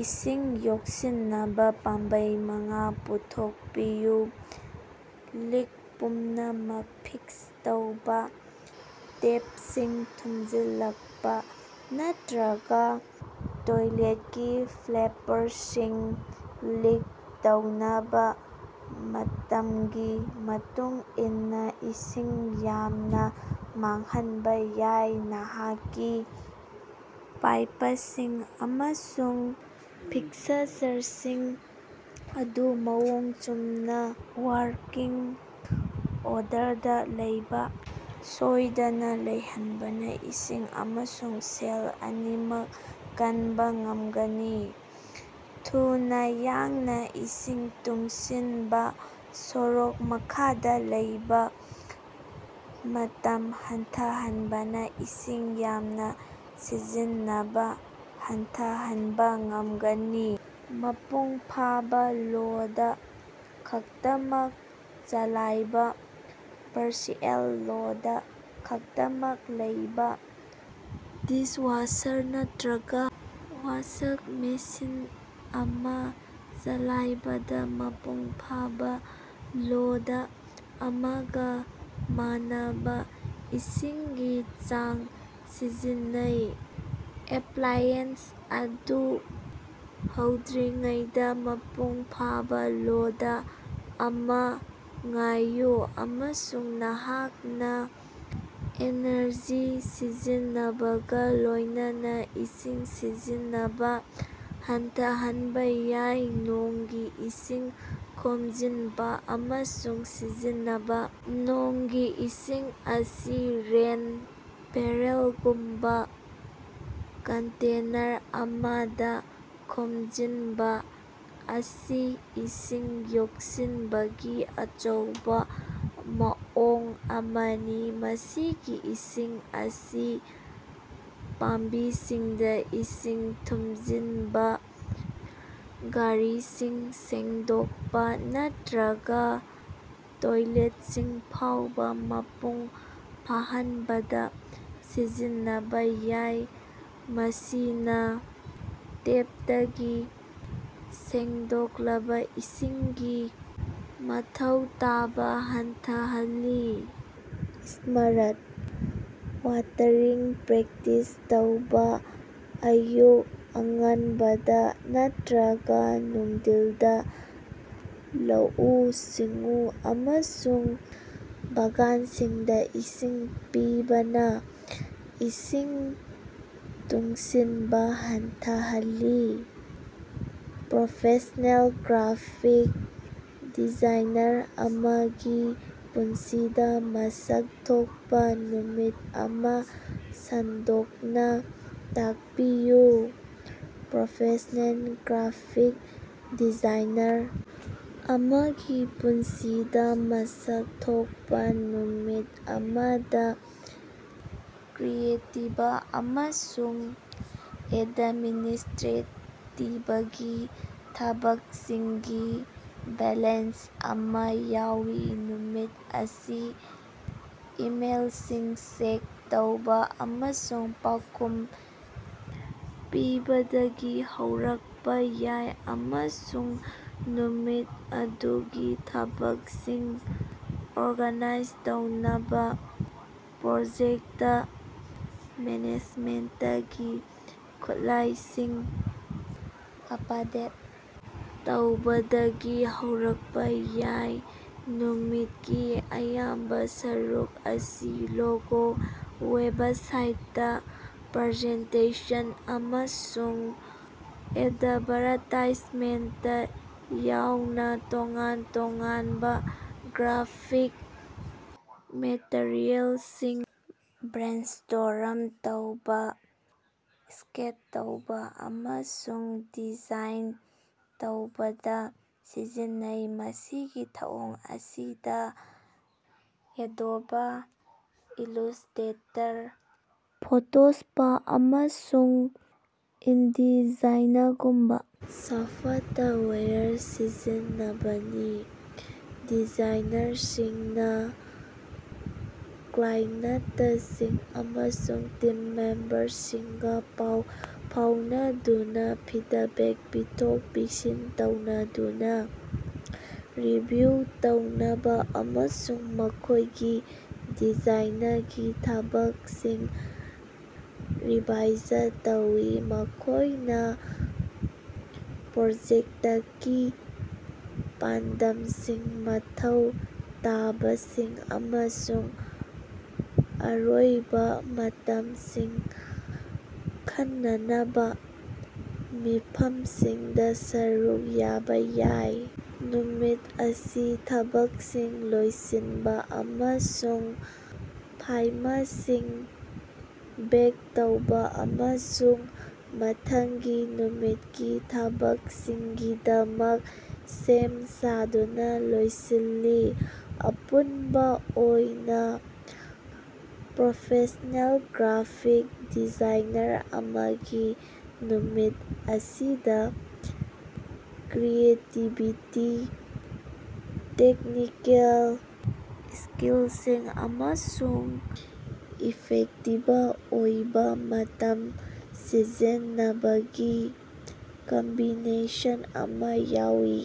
ꯏꯁꯤꯡ ꯌꯣꯛꯁꯤꯟꯅꯕ ꯄꯥꯝꯕꯩ ꯃꯉꯥ ꯄꯨꯊꯣꯛꯄꯤꯌꯨ꯫ ꯂꯤꯛ ꯄꯨꯝꯅꯃꯛ ꯐꯤꯛꯁ ꯇꯧꯕ: ꯇꯦꯞꯁꯤꯡ ꯊꯨꯝꯖꯤꯜꯂꯛꯄ ꯅꯠꯇ꯭ꯔꯒ ꯇꯣꯏꯂꯦꯠꯀꯤ ꯐ꯭ꯂꯦꯄꯔꯁꯤꯡ ꯂꯤꯛ ꯇꯧꯕꯅ ꯃꯇꯝꯒꯤ ꯃꯇꯨꯡ ꯏꯟꯅ ꯏꯁꯤꯡ ꯌꯥꯝꯅ ꯃꯥꯡꯍꯟꯕ ꯌꯥꯏ꯫ ꯅꯍꯥꯛꯀꯤ ꯄꯥꯏꯄꯁꯤꯡ ꯑꯃꯁꯨꯡ ꯐꯤꯛꯁꯆꯔꯁꯤꯡ ꯑꯗꯨ ꯃꯑꯣꯡ ꯆꯨꯝꯅ ꯋꯥꯔꯀꯤꯡ ꯑꯣꯔꯗꯔꯗ ꯂꯩꯕ ꯁꯣꯏꯗꯅ ꯂꯩꯍꯟꯕꯅ ꯏꯁꯤꯡ ꯑꯃꯁꯨꯡ ꯁꯦꯜ ꯑꯅꯤꯃꯛ ꯀꯟꯕ ꯉꯝꯒꯅꯤ꯫ ꯊꯨꯅ ꯌꯥꯡꯅ ꯏꯁꯤꯡ ꯇꯨꯡꯁꯤꯟꯕ: ꯁꯣꯔꯣꯛ ꯃꯈꯥꯗ ꯂꯩꯕ ꯃꯇꯝ ꯍꯟꯊꯍꯟꯕꯅ ꯏꯁꯤꯡ ꯌꯥꯝꯅ ꯁꯤꯖꯤꯟꯅꯕ ꯍꯟꯊꯍꯟꯕ ꯉꯝꯒꯅꯤ꯫ ꯃꯄꯨꯡ ꯐꯥꯕ ꯂꯣꯗ ꯈꯛꯇꯃꯛ ꯆꯂꯥꯏꯕ: ꯄꯥꯔꯁꯤꯑꯦꯜ ꯂꯣꯗ ꯈꯛꯇꯃꯛ ꯂꯩꯕ ꯗꯤꯁꯋꯥꯁꯔ ꯅꯠꯇ꯭ꯔꯒ ꯋꯥꯁꯛ ꯃꯦꯁꯤꯟ ꯑꯃ ꯆꯂꯥꯏꯕꯗ ꯃꯄꯨꯡ ꯐꯥꯕ ꯂꯣꯗ ꯑꯃꯒ ꯃꯥꯟꯅꯕ ꯏꯁꯤꯡꯒꯤ ꯆꯥꯡ ꯁꯤꯖꯤꯟꯅꯩ꯫ ꯑꯦꯄ꯭ꯂꯥꯏꯑꯦꯟꯁ ꯑꯗꯨ ꯍꯧꯗ꯭ꯔꯤꯉꯩꯗ ꯃꯄꯨꯡꯐꯥꯕ ꯂꯣꯗ ꯑꯃ ꯉꯥꯏꯌꯨ, ꯑꯃꯁꯨꯡ ꯅꯍꯥꯛꯅ ꯑꯦꯅꯔꯖꯤ ꯁꯤꯖꯤꯟꯅꯕꯒ ꯂꯣꯏꯅꯅ ꯏꯁꯤꯡ ꯁꯤꯖꯤꯟꯅꯕ ꯍꯟꯊꯍꯟꯕ ꯌꯥꯏ꯫ ꯅꯣꯡꯒꯤ ꯏꯁꯤꯡ ꯈꯣꯝꯖꯤꯟꯕ ꯑꯃꯁꯨꯡ ꯁꯤꯖꯤꯟꯅꯕ: ꯅꯣꯡꯒꯤ ꯏꯁꯤꯡ ꯑꯁꯤ ꯔꯦꯟ ꯕꯦꯔꯦꯜꯒꯨꯝꯕ ꯀꯟꯇꯦꯅꯔ ꯑꯃꯗ ꯈꯣꯝꯖꯤꯟꯕ ꯑꯁꯤ ꯏꯁꯤꯡ ꯌꯣꯛꯁꯤꯟꯕꯒꯤ ꯑꯆꯧꯕ ꯃꯑꯣꯡ ꯑꯃꯅꯤ꯫ ꯃꯁꯤꯒꯤ ꯏꯁꯤꯡ ꯑꯁꯤ ꯄꯥꯝꯕꯤꯁꯤꯡꯗ ꯏꯁꯤꯡ ꯊꯨꯝꯖꯤꯟꯕ, ꯒꯥꯔꯤꯁꯤꯡ ꯁꯦꯡꯗꯣꯛꯄ ꯅꯠꯇ꯭ꯔꯒ ꯇꯣꯏꯂꯦꯠꯁꯤꯡ ꯐꯥꯎꯕ ꯃꯄꯨꯡ ꯐꯥꯍꯟꯕꯗ ꯁꯤꯖꯤꯟꯅꯕ ꯌꯥꯏ, ꯃꯁꯤꯅ ꯇꯦꯞꯇꯒꯤ ꯁꯦꯡꯗꯣꯛꯂꯕ ꯏꯁꯤꯡꯒꯤ ꯃꯊꯧ ꯇꯥꯕ ꯍꯟꯊꯍꯜꯂꯤ꯫ ꯁ꯭ꯃꯥꯔꯠ ꯋꯥꯇꯔꯤꯡ ꯄ꯭ꯔꯦꯛꯇꯤꯁ ꯇꯧꯕ: ꯑꯌꯨꯛ ꯑꯉꯟꯕꯗ ꯅꯠꯇ꯭ꯔꯒ ꯅꯨꯡꯊꯤꯜꯗ ꯂꯧꯎ-ꯁꯤꯡꯎ ꯑꯃꯁꯨꯡ ꯕꯥꯒꯥꯟꯁꯤꯡꯗ ꯏꯁꯤꯡ ꯄꯤꯕꯅ ꯏꯁꯤꯡ ꯇꯨꯡꯁꯤꯟꯕ ꯍꯟꯊꯍꯜꯂꯤ꯫ ꯄ꯭ꯔꯣꯐꯦꯁ꯭ꯅꯦꯜ ꯒ꯭ꯔꯥꯐꯤꯛ ꯗꯤꯖꯥꯏꯅꯔ ꯑꯃꯒꯤ ꯄꯨꯟꯁꯤꯗ ꯃꯁꯛ ꯊꯣꯛꯄ ꯅꯨꯃꯤꯠ ꯑꯃ ꯁꯟꯗꯣꯛꯅ ꯇꯥꯛꯄꯤꯌꯨ꯫ ꯄ꯭ꯔꯣꯐꯦꯁ꯭ꯅꯦꯜ ꯒ꯭ꯔꯥꯐꯤꯛ ꯗꯤꯖꯥꯏꯅꯔ ꯑꯃꯒꯤ ꯄꯨꯟꯁꯤꯗ ꯃꯁꯛ ꯊꯣꯛꯄ ꯅꯨꯃꯤꯠ ꯑꯃꯗ ꯀ꯭ꯔꯤꯌꯦꯇꯤꯕ ꯑꯃꯁꯨꯡ ꯑꯦꯗꯃꯤꯅꯤꯁ꯭ꯇꯔꯦꯇꯤꯕꯀꯤ ꯊꯕꯛꯁꯤꯡꯒꯤ ꯕꯦꯂꯦꯟꯁ ꯑꯃ ꯌꯥꯎꯏ꯫ ꯅꯨꯃꯤꯠ ꯑꯁꯤ ꯏꯃꯦꯜꯁꯤꯡ ꯆꯦꯛ ꯇꯧꯕ ꯑꯃꯁꯨꯡ ꯄꯥꯎꯈꯨꯝ ꯄꯤꯕꯗꯒꯤ ꯍꯧꯔꯛꯄ ꯌꯥꯏ ꯑꯃꯁꯨꯡ ꯅꯨꯃꯤꯠ ꯑꯗꯨꯒꯤ ꯊꯕꯛꯁꯤꯡ ꯑꯣꯔꯒꯅꯥꯏꯖ ꯇꯧꯅꯕ ꯄ꯭ꯔꯣꯖꯦꯛꯇ ꯃꯦꯅꯦꯖꯃꯦꯟꯇꯀꯤ ꯈꯨꯠꯂꯥꯏꯁꯤꯡ ꯑꯄꯗꯦꯠ ꯇꯧꯕꯗꯒꯤ ꯍꯧꯔꯛꯄꯥ ꯌꯥꯏ꯫ ꯅꯨꯃꯤꯠꯀꯤ ꯑꯌꯥꯝꯕ ꯁꯔꯨꯛ ꯑꯁꯤ ꯂꯣꯒꯣ, ꯋꯦꯕꯁꯥꯏꯠ, ꯄ꯭ꯔꯖꯦꯟꯇꯦꯁꯟ, ꯑꯃꯁꯨꯡ ꯑꯦꯗꯚꯥꯔꯇꯥꯏꯖꯃꯦꯟꯇ ꯌꯥꯎꯅ ꯇꯣꯉꯥꯟ ꯇꯣꯉꯥꯟꯕ ꯒ꯭ꯔꯥꯐꯤꯛ ꯃꯦꯇꯔꯤꯑꯦꯜꯁꯤꯡ ꯕ꯭ꯔꯦꯟꯁ꯭ꯇꯣꯔꯝ ꯇꯧꯕ, ꯁ꯭ꯀꯦꯠ ꯇꯧꯕ ꯑꯃꯁꯨꯡ ꯗꯤꯖꯥꯏꯟ ꯇꯧꯕꯗ ꯁꯤꯖꯤꯟꯅꯩ꯫ ꯃꯁꯤꯒꯤ ꯊꯧꯑꯣꯡ ꯑꯁꯤꯗ ꯑꯦꯗꯣꯕ ꯏꯜꯂꯨꯁ꯭ꯇꯦꯇꯔ, ꯐꯣꯇꯣꯁꯞ, ꯑꯃꯁꯨꯡ ꯏꯟꯗꯤꯖꯥꯏꯟꯒꯨꯝꯕ ꯁꯣꯐ꯭ꯇꯋꯦꯔ ꯁꯤꯖꯤꯟꯅꯕꯅꯤ꯫ ꯗꯤꯖꯥꯏꯅꯔꯁꯤꯡꯅ ꯀ꯭ꯂꯥꯏꯟꯇꯁꯤꯡ ꯑꯃꯁꯨꯡ ꯇꯤꯝ ꯃꯦꯝꯕꯔꯁꯤꯡꯒ ꯄꯥꯎ ꯐꯥꯎꯅꯗꯨꯅ ꯐꯤꯗꯕꯦꯛ ꯄꯤꯊꯣꯛ-ꯄꯤꯁꯤꯟ ꯇꯧꯅꯗꯨꯅ, ꯔꯤꯚꯤꯌꯨ ꯇꯧꯅꯕ ꯑꯃꯁꯨꯡ ꯃꯈꯣꯏꯒꯤ ꯗꯤꯖꯥꯏꯟꯒꯤ ꯊꯕꯛꯁꯤꯡ ꯔꯤꯚꯥꯏꯖ ꯇꯧꯏ꯫ ꯃꯈꯣꯏꯅ ꯄ꯭ꯔꯣꯖꯦꯛꯇꯀꯤ ꯄꯥꯟꯗꯝꯁꯤꯡ, ꯃꯊꯧ ꯇꯥꯕꯁꯤꯡ ꯑꯃꯁꯨꯡ ꯑꯔꯣꯏꯕ ꯃꯇꯝꯁꯤꯡ ꯈꯟꯅꯅꯕ ꯃꯤꯐꯝꯁꯤꯡꯗ ꯁꯔꯨꯛ ꯌꯥꯕ ꯌꯥꯏ꯫ ꯅꯨꯃꯤꯠ ꯑꯁꯤ ꯊꯕꯛꯁꯤꯡ ꯂꯣꯏꯁꯤꯟꯕ ꯑꯃꯁꯨꯡ ꯐꯥꯏꯝꯁꯤꯡ ꯕꯦꯛ ꯇꯧꯕ ꯑꯃꯁꯨꯡ ꯃꯊꯪꯒꯤ ꯅꯨꯃꯤꯠꯀꯤ ꯊꯕꯛꯁꯤꯡꯒꯤꯗꯃꯛ ꯁꯦꯝ ꯁꯥꯗꯨꯅ ꯂꯣꯏꯁꯤꯜꯂꯤ꯫ ꯑꯄꯨꯟꯕ ꯑꯣꯏꯅ ꯄ꯭ꯔꯣꯐꯦꯁ꯭ꯅꯦꯜ ꯒ꯭ꯔꯥꯐꯤꯛ ꯗꯤꯖꯥꯏꯅꯔ ꯑꯃꯒꯤ ꯅꯨꯃꯤꯠ ꯑꯁꯤꯗ ꯀ꯭ꯔꯤꯌꯦꯇꯤꯕꯤꯇꯤ, ꯇꯦꯛꯅꯤꯀꯦꯜ ꯁ꯭ꯀꯤꯜꯁꯤꯡ ꯑꯃꯁꯨꯡ ꯏꯐꯦꯛꯇꯤꯕ ꯑꯣꯏꯕ ꯃꯇꯝ ꯁꯤꯖꯤꯟꯅꯕꯒꯤ ꯀꯝꯕꯤꯅꯦꯁꯟ ꯑꯃ ꯌꯥꯎꯏ꯫